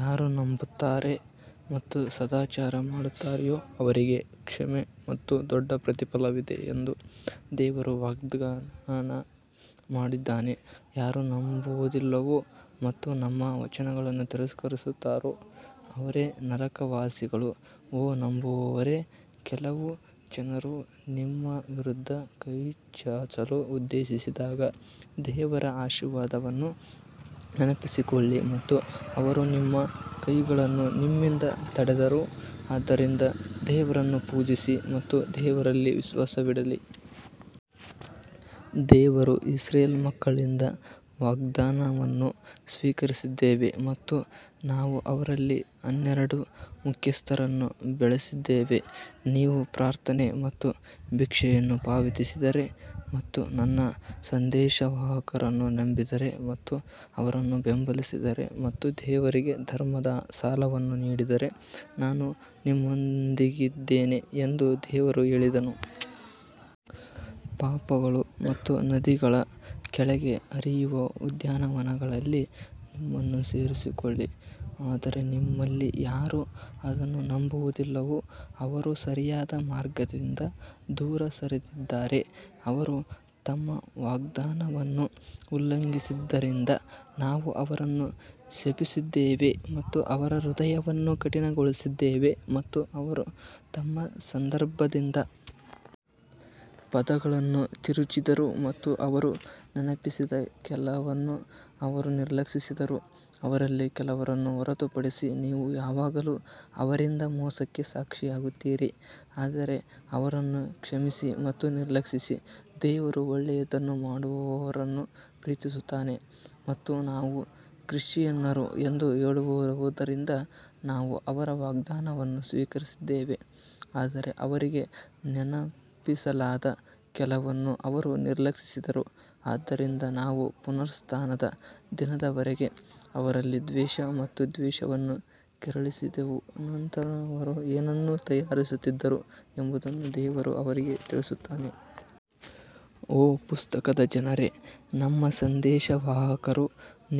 ಯಾರು ನಂಬುತ್ತಾರೆ ಮತ್ತು ಸದಾಚಾರ ಮಾಡುತ್ತಾರೆಯೋ ಅವರಿಗೆ ಕ್ಷಮೆ ಮತ್ತು ದೊಡ್ಡ ಪ್ರತಿಫಲವಿದೆ ಎಂದು ದೇವರು ವಾಗ್ದಾನ ಮಾಡಿದ್ದಾನೆ ಯಾರು ನಂಬುವುದಿಲ್ಲವೋ ಮತ್ತು ನಮ್ಮ ವಚನಗಳನ್ನು ತಿರಸ್ಕರಿಸುತ್ತಾರೋ ಅವರೇ ನರಕವಾಸಿಗಳು ಓ ನಂಬುವವರೇ, ಕೆಲವು ಜನರು ನಿಮ್ಮ ವಿರುದ್ಧ ಕೈಚಾಚಲು ಉದ್ದೇಶಿಸಿದಾಗ ದೇವರ ಆಶೀರ್ವಾದವನ್ನು ನೆನಪಿಸಿಕೊಳ್ಳಿ ಮತ್ತು ಅವರು ನಿಮ್ಮ ಕೈಗಳನ್ನು ನಿಮ್ಮಿಂದ ತಡೆದರು ಆದ್ದರಿಂದ ದೇವರನ್ನು ಪೂಜಿಸಿ ಮತ್ತು ದೇವರಲ್ಲಿ ವಿಶ್ವಾಸವಿಡಲಿ. ದೇವರು ಇಸ್ರೇಲ್ ಮಕ್ಕಳಿಂದ ವಾಗ್ದಾನವನ್ನು ಸ್ವೀಕರಿಸಿದ್ದೇವೆ ಮತ್ತು ನಾವು ಅವರಲ್ಲಿ ಹನ್ನೆರಡು ಮುಖ್ಯಸ್ಥರನ್ನು ಬೆಳೆಸಿದ್ದೇವೆ, ನೀವು ಪ್ರಾರ್ಥನೆ ಮತ್ತು ಭಿಕ್ಷೆಯನ್ನು ಪಾವತಿಸಿದರೆ ಮತ್ತು ನನ್ನ ಸಂದೇಶವಾಹಕರನ್ನು ನಂಬಿದರೆ ಮತ್ತು ಅವರನ್ನು ಬೆಂಬಲಿಸಿದರೆ ಮತ್ತು ದೇವರಿಗೆ ಧರ್ಮದ ಸಾಲವನ್ನು ನೀಡಿದರೆ ನಾನು ನಿಮ್ಮೊಂದಿಗಿದ್ದೇನೆ ಎಂದು ದೇವರು ಹೇಳಿದನು. ಪಾಪಗಳು ಮತ್ತು ನದಿಗಳ ಕೆಳಗೆ ಹರಿಯುವ ಉದ್ಯಾನವನಗಳಲ್ಲಿ ನಿಮ್ಮನ್ನು ಸೇರಿಸಿಕೊಳ್ಳಿ ಆದರೆ ನಿಮ್ಮಲ್ಲಿ ಯಾರು ಅದನ್ನು ನಂಬುವುದಿಲ್ಲವೋ ಅವರು ಸರಿಯಾದ ಮಾರ್ಗದಿಂದ ದೂರ ಸರಿದಿದ್ದಾರೆ ಅವರು ತಮ್ಮ ವಾಗ್ದಾನವನ್ನು ಉಲ್ಲಂಘಿಸಿದ್ದರಿಂದ ನಾವು ಅವರನ್ನು ಶಪಿಸಿದ್ದೇವೆ ಮತ್ತು ಅವರ ಹೃದಯವನ್ನು ಕಠಿಣಗೊಳಿಸಿದ್ದೇವೆ ಮತ್ತು ಅವರು ತಮ್ಮ ಸಂದರ್ಭದಿಂದ ಪದಗಳನ್ನು ತಿರುಚಿದರು ಮತ್ತು ಅವರು ನೆನಪಿಸಿದ ಕೆಲವನ್ನು ಅವರು ನಿರ್ಲಕ್ಷಿಸಿದರು ಅವರಲ್ಲಿ ಕೆಲವರನ್ನು ಹೊರತುಪಡಿಸಿ ನೀವು ಯಾವಾಗಲೂ ಅವರಿಂದ ಮೋಸಕ್ಕೆ ಸಾಕ್ಷಿಯಾಗುತ್ತೀರಿ ಆದರೆ ಅವರನ್ನು ಕ್ಷಮಿಸಿ ಮತ್ತು ನಿರ್ಲಕ್ಷಿಸಿ ದೇವರು ಒಳ್ಳೆಯದನ್ನು ಮಾಡುವವರನ್ನು ಪ್ರೀತಿಸುತ್ತಾನೆ ಮತ್ತು ನಾವು ಕ್ರಿಶ್ಚಿಯನ್ನರು ಎಂದು ಹೇಳುವವರಿಂದ ನಾವು ಅವರ ವಾಗ್ದಾನವನ್ನು ಸ್ವೀಕರಿಸಿದ್ದೇವೆ ಆದರೆ ಅವರಿಗೆ ನೆನಪಿಸಲಾದ ಕೆಲವನ್ನು ಅವರು ನಿರ್ಲಕ್ಷಿಸಿದರು ಆದ್ದರಿಂದ ನಾವು ಪುನರುತ್ಥಾನದ ದಿನದವರೆಗೆ ಅವರಲ್ಲಿ ದ್ವೇಷ ಮತ್ತು ದ್ವೇಷವನ್ನು ಕೆರಳಿಸಿದೆವು ನಂತರ ಅವರು ಏನನ್ನು ತಯಾರಿಸುತ್ತಿದ್ದರು ಎಂಬುದನ್ನು ದೇವರು ಅವರಿಗೆ ತಿಳಿಸುತ್ತಾನೆ. ಓ ಪುಸ್ತಕದ ಜನರೇ, ನಮ್ಮ ಸಂದೇಶವಾಹಕರು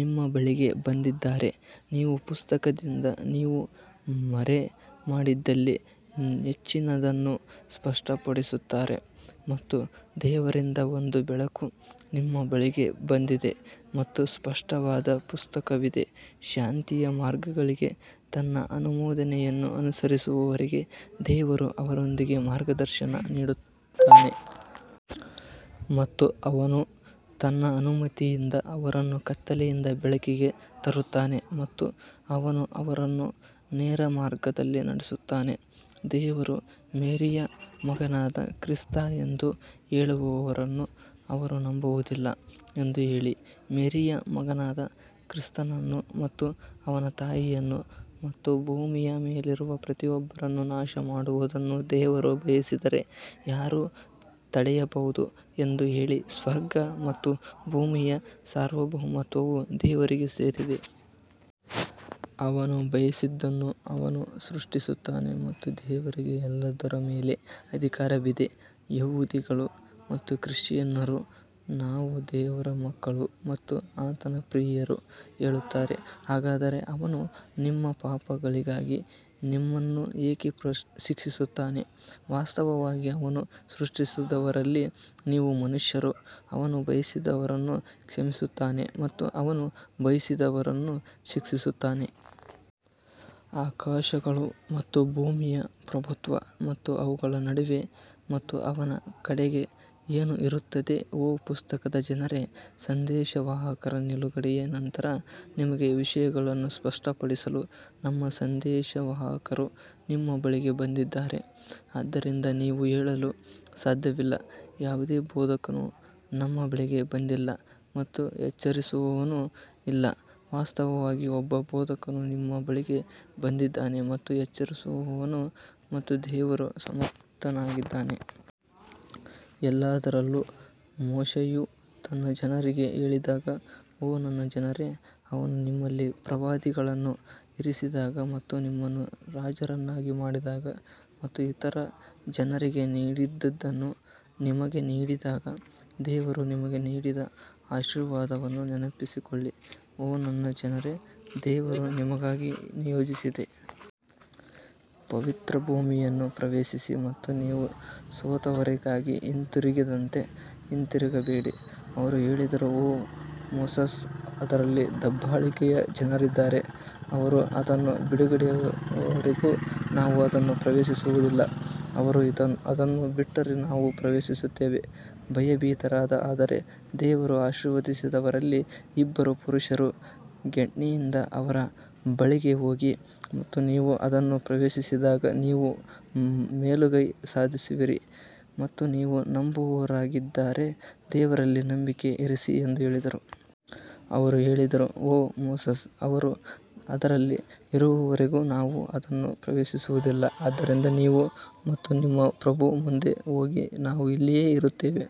ನಿಮ್ಮ ಬಳಿಗೆ ಬಂದಿದ್ದಾರೆ, ನೀವು ಪುಸ್ತಕದಿಂದ ನೀವು ಮರೆಮಾಡಿದ್ದಲ್ಲಿ ಹೆಚ್ಚಿನದನ್ನು ಸ್ಪಷ್ಟಪಡಿಸುತ್ತಾರೆ ಮತ್ತು ದೇವರಿಂದ ಒಂದು ಬೆಳಕು ನಿಮ್ಮ ಬಳಿಗೆ ಬಂದಿದೆ ಮತ್ತು ಸ್ಪಷ್ಟವಾದ ಪುಸ್ತಕವಿದೆ. ಶಾಂತಿಯ ಮಾರ್ಗಗಳಿಗೆ ತನ್ನ ಅನುಮೋದನೆಯನ್ನು ಅನುಸರಿಸುವವರಿಗೆ ದೇವರು ಅದರೊಂದಿಗೆ ಮಾರ್ಗದರ್ಶನ ನೀಡುತ್ತಾನೆ ಮತ್ತು ಅವನು ತನ್ನ ಅನುಮತಿಯಿಂದ ಅವರನ್ನು ಕತ್ತಲೆಯಿಂದ ಬೆಳಕಿಗೆ ತರುತ್ತಾನೆ ಮತ್ತು ಅವನು ಅವರನ್ನು ನೇರ ಮಾರ್ಗದಲ್ಲಿ ನಡೆಸುತ್ತಾನೆ ದೇವರು ಮೇರಿಯ ಮಗನಾದ ಕ್ರಿಸ್ತ ಎಂದು ಹೇಳುವವರನ್ನು ಅವರು ನಂಬುವುದಿಲ್ಲ ಎಂದು ಹೇಳಿ, ಮೇರಿಯ ಮಗನಾದ ಕ್ರಿಸ್ತನನ್ನು ಮತ್ತು ಅವನ ತಾಯಿಯನ್ನು ಮತ್ತು ಭೂಮಿಯ ಮೇಲಿರುವ ಪ್ರತಿಯೊಬ್ಬರನ್ನು ನಾಶಮಾಡುವುದನ್ನು ದೇವರು ಬಯಸಿದರೆ ಯಾರು ತಡೆಯಬಹುದು ಎಂದು ಹೇಳಿ, ಸ್ವರ್ಗ ಮತ್ತು ಭೂಮಿಯ ಸಾರ್ವಭೌಮತ್ವವು ದೇವರಿಗೆ ಸೇರಿದೆ. ಅವನು ಬಯಸಿದ್ದನ್ನು ಅವನು ಸೃಷ್ಟಿಸುತ್ತಾನೆ ಮತ್ತು ದೇವರಿಗೆ ಎಲ್ಲದರ ಮೇಲೆ ಅಧಿಕಾರವಿದೆ ಯಹೂದಿಗಳು ಮತ್ತು ಕ್ರಿಶ್ಚಿಯನ್ನರು ನಾವು ದೇವರ ಮಕ್ಕಳು ಮತ್ತು ಆತನ ಪ್ರಿಯರು ಹೇಳುತ್ತಾರೆ, ಹಾಗಾದರೆ ಅವನು ನಿಮ್ಮ ಪಾಪಗಳಿಗಾಗಿ ನಿಮ್ಮನ್ನು ಏಕೆ ಶಿಕ್ಷಿಸುತ್ತಾನೆ, ವಾಸ್ತವವಾಗಿ ಅವನು ಸೃಷ್ಟಿಸಿದವರಲ್ಲಿ ನೀವು ಮನುಷ್ಯರು, ಅವನು ಬಯಸಿದವರನ್ನು ಕ್ಷಮಿಸುತ್ತಾನೆ ಮತ್ತು ಅವನು ಬಯಸಿದವರನ್ನು ಶಿಕ್ಷಿಸುತ್ತಾನೆ. ಆಕಾಶಗಳು ಮತ್ತು ಭೂಮಿಯ ಪ್ರಭುತ್ವ ಮತ್ತು ಅವುಗಳ ನಡುವೆ ಮತ್ತು ಅವನ ಕಡೆಗೆ ಏನು ಇರುತ್ತದೆ ಓ ಪುಸ್ತಕದ ಜನರೇ, ಸಂದೇಶವಾಹಕರ ನಿಲುಗಡೆಯ ನಂತರ ನಿಮಗೆ ವಿಷಯಗಳನ್ನು ಸ್ಪಷ್ಟಪಡಿಸಲು ನಮ್ಮ ಸಂದೇಶವಾಹಕರು ನಿಮ್ಮ ಬಳಿಗೆ ಬಂದಿದ್ದಾರೆ, ಆದ್ದರಿಂದ ನೀವು ಹೇಳಲು ಸಾಧ್ಯವಿಲ್ಲ, ಯಾವುದೇ ಬೋಧಕನು ನಮ್ಮ ಬಳಿಗೆ ಬಂದಿಲ್ಲ ಮತ್ತು ಎಚ್ಚರಿಸುವವನೂ ಇಲ್ಲ ವಾಸ್ತವವಾಗಿ ಒಬ್ಬ ಬೋಧಕನು ನಿಮ್ಮ ಬಳಿಗೆ ಬಂದಿದ್ದಾನೆ ಮತ್ತು ಎಚ್ಚರಿಸುವವನು ಮತ್ತು ದೇವರು ಸಮರ್ಥನಾಗಿದ್ದಾನೆ. ಎಲ್ಲದರಲ್ಲೂ ಮೋಶೆಯು ತನ್ನ ಜನರಿಗೆ ಹೇಳಿದಾಗ ಓ ನನ್ನ ಜನರೇ, ಅವನು ನಿಮ್ಮಲ್ಲಿ ಪ್ರವಾದಿಗಳನ್ನು ಇರಿಸಿದಾಗ ಮತ್ತು ನಿಮ್ಮನ್ನು ರಾಜರನ್ನಾಗಿ ಮಾಡಿದಾಗ ಮತ್ತು ಇತರ ಜನರಿಗೆ ನೀಡದಿದ್ದನ್ನು ನಿಮಗೆ ನೀಡಿದಾಗ ದೇವರು ನಿಮಗೆ ನೀಡಿದ ಆಶೀರ್ವಾದವನ್ನು ನೆನಪಿಸಿಕೊಳ್ಳಿ. ಓ ನನ್ನ ಜನರೇ, ದೇವರು ನಿಮಗಾಗಿ ನಿಯೋಜಿಸಿದ ಪವಿತ್ರ ಭೂಮಿಯನ್ನು ಪ್ರವೇಶಿಸಿ ಮತ್ತು ನೀವು ಸೋತವರಾಗಿ ಹಿಂತಿರುಗದಂತೆ ಹಿಂತಿರುಗಬೇಡಿ ಅವರು ಹೇಳಿದರು ಓ ಮೋಸೆಸ್ ಅದರಲ್ಲಿ ದಬ್ಬಾಳಿಕೆಯ ಜನರಿದ್ದಾರೆ ಅವರು ಅದನ್ನು ಬಿಡುವವರೆಗೂ ನಾವು ಅದನ್ನು ಪ್ರವೇಶಿಸುವುದಿಲ್ಲ ಅವರು ಅದನ್ನು ಬಿಟ್ಟರೆ ನಾವು ಪ್ರವೇಶಿಸುತ್ತೇವೆ ಭಯಭೀತರಾದ ಆದರೆ ದೇವರು ಆಶೀರ್ವದಿಸಿದವರಲ್ಲಿ ಇಬ್ಬರು ಪುರುಷರು ಗೇಟ್ನಿಂದ ಅವರ ಬಳಿಗೆ ಹೋಗಿ ಮತ್ತು ನೀವು ಅದನ್ನು ಪ್ರವೇಶಿಸಿದಾಗ ನೀವು ಮೇಲುಗೈ ಸಾಧಿಸುವಿರಿ ಮತ್ತು ನೀವು ನಂಬುವವರಾಗಿದ್ದರೆ ದೇವರಲ್ಲಿ ನಂಬಿಕೆ ಇರಿಸಿ ಎಂದು ಹೇಳಿದರು. ಅವರು ಹೇಳಿದರು ಓ ಮೋಸೆಸ್ ಅವರು ಅದರಲ್ಲಿ ಇರುವವರೆಗೂ ನಾವು ಅದನ್ನು ಪ್ರವೇಶಿಸುವುದಿಲ್ಲ ಆದ್ದರಿಂದ ನೀವು ಮತ್ತು ನಿಮ್ಮ ಪ್ರಭು ಮುಂದೆ ಹೋಗಿ ನಾವು ಇಲ್ಲಿಯೇ ಇರುತ್ತೇವೆ.